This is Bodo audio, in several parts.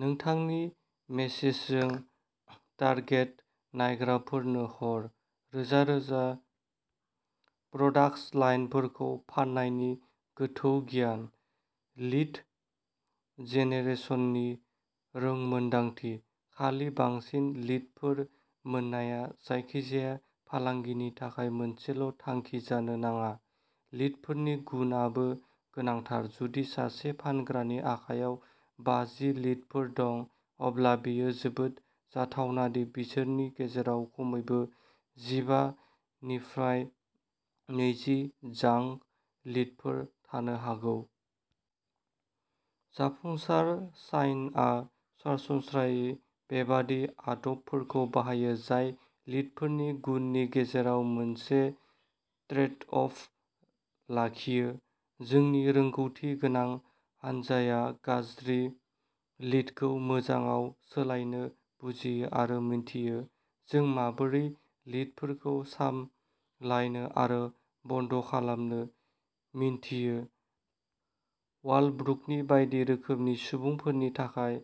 नोंथांनि मेसेजजों टारगेट नायग्राफोरनो हर। रोजा रोजा प्रडाक्टस लाइनफोरखौ फान्नायनि गोथौ गियान। लीड जेनेरेसननि रोंमोनदांथि। खालि बांसिन लीडफोर मोननाया जायखिजाया फालांगिनि थाखाय मोनसेल'थांखि जानो नाङा। लीडफोरनि गुनआबो गोनांथार। जुदि सासे फानग्रानि आखायाव बाजि लीडफोर दं, अब्ला बेयो जोबोद जाथावना दि बिसोरनि गेजेराव खमैबो जिबा निफाय नैजि जांक लीडफोर थानो हागौ। जाफुंसार साइनआ सरासनस्रायै बेबादि आदबफोरखौ बाहायो जाय लीडफोरनि गुननि गेजेराव मोनसे ट्रेडअफ लाखियो। जोंनि रोंगौ'थि गोनां हानजाया गाज्रि लीडखौ मोजांआव सोलायनो बुजियो आरो मिन्थियो। जों माबोरै लीडफोरखौ सामलायनो आरो बन्द खालामनो मिन्थियो। वालब्रुकनि बायदि रोखोमनि सुबुंफोरनि थाखाय,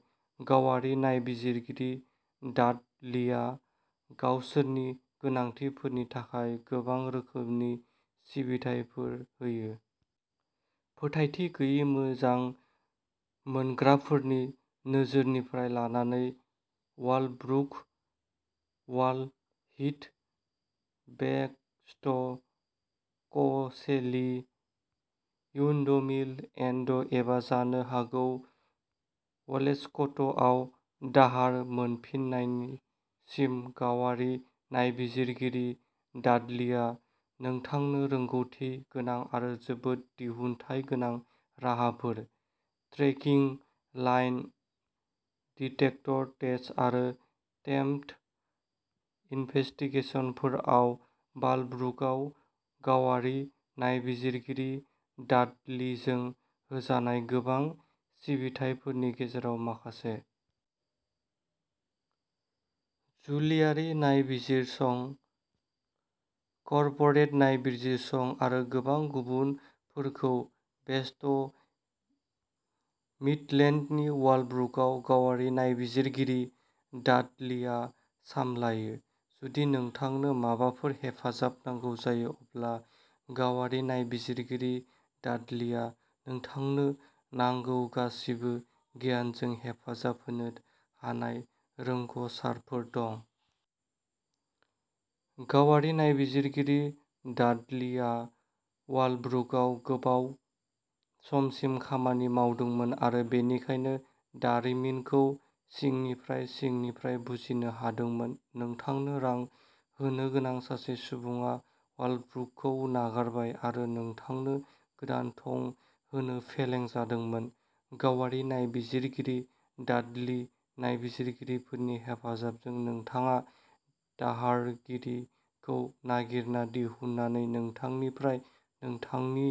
गावारि नायबिजिरगिरि डाडलीआ गावसोरनि गोनांथिफोरनि थाखाय गोबां रोखोमनि सिबिथाइफोर होयो। फोथायथि गैयै मोजां मोनग्राफोरनि नोजोरनिफ्राय लानानै वालब्रुक, वाल हीथ, वेस्ट कसेली, उइन्डमिल एन्ड एबा जानो हागौ व'लेस्क'टआव दाहार मोनफिन्नायसिम, गावारि नायबिजिरगिरि डाडलीआ नोंथांनो रोंग'थि गोनां आरो जोबोद दिहुनथायगोनां राहाफोर। ट्रेकिं, लाइन डिटेक्टर टेस्ट आरो थेम्फ इनभेस्टिगेसनफोरा वालब्रुकआव गावारि नायबिजिरगिरि डाडलीजों होजानाय गोबां सिबिथाइफोरनि गेजेराव माखासे। जुलिआरि नायबिजिरसं, कर्परेट नायबिजिरसं आरो गोबां गुबुनफोरखौ वेस्ट मिडलेन्डनि वालब्रुकआव गावारि नायबिजिरगिरि डाडलीआ सामलायो। जुदि नोंथांनो माबाफोर हेफाजाब नांगौ जायो, अब्ला गावारि नायबिजिरगिरि डाडलीया नोंथांनो नांगौ गासिबो गियानजों हेफाजाब होनो हानाय रोंग'सारफोर दं। गावारि नायबिजिरगिरि डाडलीआ वालब्रुकआव गोबाव समसिम खामानि मावदोंमोन आरो बेनिखायनो दारिमिनखौ सिंनिफ्राय सिंनिफ्राय बुजिनो हादोंमोन। नोंथांनो रां होनोगोनां सासे सुबुङा वालब्रुकखौ नागारबाय आरो नोंथांनो गोदान थं होनो फेलें जादोंमोन। गावारि नायबिजिरगिरि डाडली नायबिजिरगिरिफोरनि हेफाजाबजों, नोंथाङा दाहारगिरिखौ नागिरना दिहुननानै नोंथांनिफ्राय नोंथांनि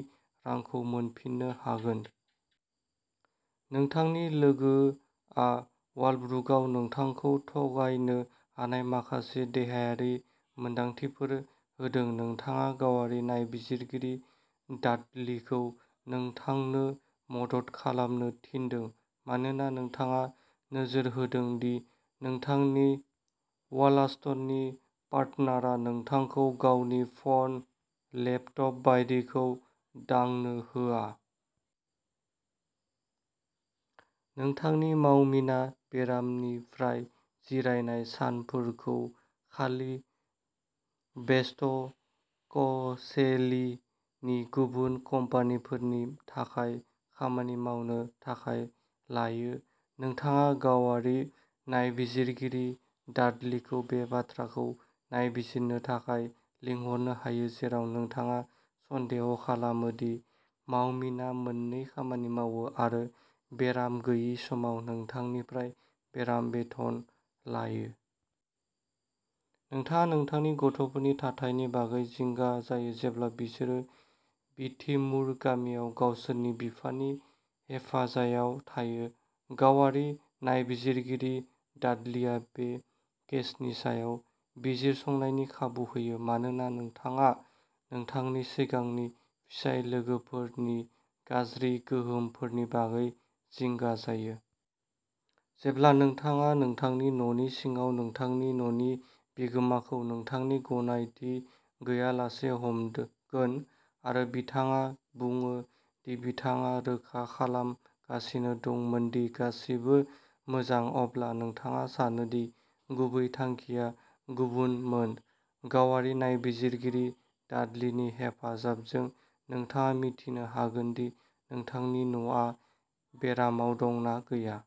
रांखौ मोनफिननो हागोन। नोंथांनि लोगोआ वालब्रुकआव नोंथांखौ थगायनो हानाय माखासे देहायारि मोनदांथिफोर होदों। नोंथाङा गावारि नायबिजिरगिरि डाडलीखौ नोंथांनो मदद खालामनो थिनदों मानोना नोंथाङा नोजोर होदों दि नोंथांनि व'लास्टननि पार्टनारआ नोंथांखौ गावनि फ'न, लेपटप बायदिखौ दांनो होआ। नोंथांनि मावमिना बेरामनिफ्राय जिरायनाय सानफोरखौ खालि वेस्ट क'सेलीनि गुबुन कम्पानिफोरनि थाखाय खामानि मावनो थाखाय लायो। नोंथाङा गावारि नायबिजिरगिरि डाडलीखौ बे बाथ्राखौ नायबिजिरनो थाखाय लिंहरनो हायो जेराव नोंथाङा सन्देह खालामो दि मावमिना मोन्नै खामानि मावो आरो बेराम गैयै समाव नोंथांनिफ्राय बेराम बेथन लायो। नोंथाङा नोंथांनि गथ'फोरनि थाथायनि बागै जिंगा जायो जेब्ला बिसोरो विथिमुर गामियाव गावसोरनि बिफानि हेफाजायाव थायो। गावारि नायबिजिरगिरि डाडलीआ बे केसनि सायाव बिजिरसंनायनि खाबु होयो मानोना नोंथाङा नोंथांनि सिगांनि फिसाय लोगोफोरनि गाज्रि गोहोमफोरनि बागै जिंगा जायो। जेब्ला नोंथाङा नोंथांनि न'नि सिङाव नोंथांनि न'नि बिगोमाखौ नोंथांनि गनायथि गैयालासे हमगोन, आरो बिथाङा बुङो दि बिथाङा रोखा खालामगासिनो दंमोन दि गासैबो मोजां, अब्ला नोंथाङा सानो दि गुबै थांखिया गुबुनमोन। गावारि नायबिजिरगिरि डाडलीनि हेफाजाबजों, नोंथाङा मिथिनो हागोन दि नोंथांनि न'आ बेरामाव दं ना गैया।